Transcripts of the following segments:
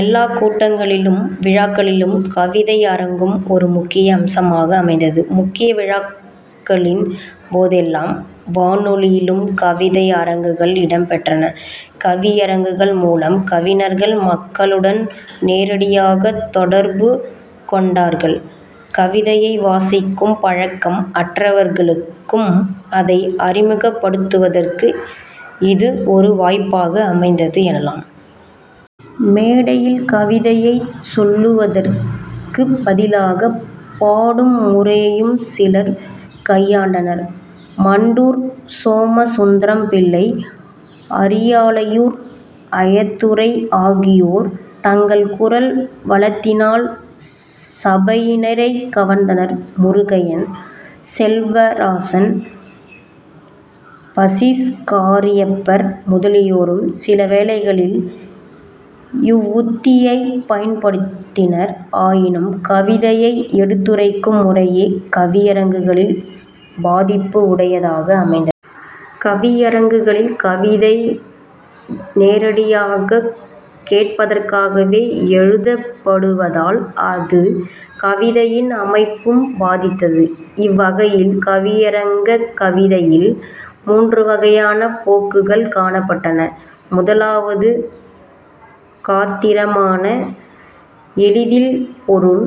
எல்லாக் கூட்டங்களிலும் விழாக்களிலும் கவிதை அரங்கும் ஒரு முக்கிய அம்சமாக அமைந்தது. முக்கிய விழாக்களின் போதெல்லாம் வானொலியிலும் கவிதை அரங்குகள் இடம்பெற்றன. கவியரங்குகள் மூலம் கவிஞர்கள் மக்களுடன் நேரடியாகத் தொடர்பு கொண்டார்கள். கவிதையை வாசிக்கும் பழக்கம் அற்றவர்களுக்கும் அதை அறிமுகப் படுத்துவதற்கு இது ஒரு வாய்ப்பாக அமைந்தது எனலாம். மேடையில் கவிதையைச் சொல்வதற்குப் பதிலாக பாடும் முறையையும் சிலர் கையாண்டனர். மண்டூர் சோமசுந்தரம்பிள்ளை, அரியாலையூர் ஐயாத்துரை ஆகியோர் தங்கள் குரல் வளத்தினால் சபையினரைக் கவர்ந்தனர். முருகையன், செல்வராசன், பஸீஸ் காரியப்பர் முதலியோரும் சிலவேளைகளில் இவ்வுத்தியைப் பயன்படுத்தினர். ஆயினும் கவிதையை எடுத்துரைக்கும் முறையே கவியரங்குகளில் பாதிப்பு உடையதாக அமைந்தது. கவியரங்குகளில் கவிதை நேரடியாகக் கேட்பதற்காகவே எழுதப்படுவதால் அது கவிதையின் அமைப்பையும் பாதித்தது. இவ்வகையில் கவியரங்கக் கவிதையில் மூன்று வகையான போக்குகள் காணப்பட்டன. முதலாவது காத்திரமான எளிதில் பொருள்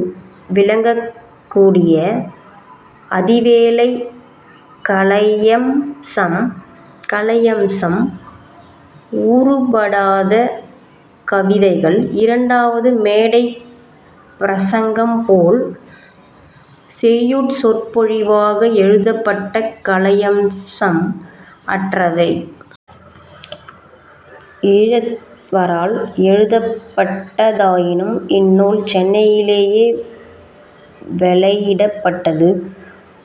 விளங்கக்கூடிய அதேவேளை கலையம்சம் ஊறுபடாத கவிதைகள். இரண்டாவது மேடைப் பிரசங்கம்போல் செய்யுட் சொற்பொழிவாக எழுதப்பட்ட கலையம்சம் அற்றவை. ஈழத்தவரால் எழுதப்பட்டதாயினும் இந்நூல் சென்னையிலேயே வௌயிடப்பட்டது.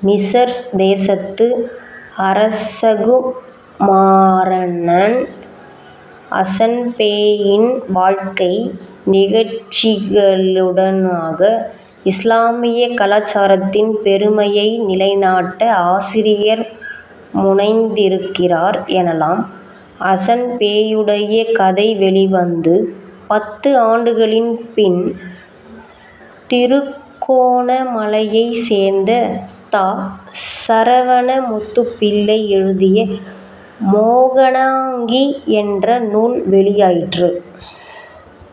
மிஸர் தேசத்து அரசகுமாரனான அஸன்பேயின் வாழ்க்கை நிகழ்ச்சிகளினூடாக இஸ்லாமிய கலாசாரத்தின் பெருமையை நிலைநாட்ட ஆசிரியர் முனைந்திருக்கிறார் எனலாம். அஸன்பேயுடைய கதை வௌிவந்து பத்து ஆண்டுகளின் பின்ன திருகோணமலையைச் சேர்ந்த த. சரவணமுத்துப்பிள்ளை எழுதிய மோகனாங்கி என்ற நூல் வௌியாயிற்று.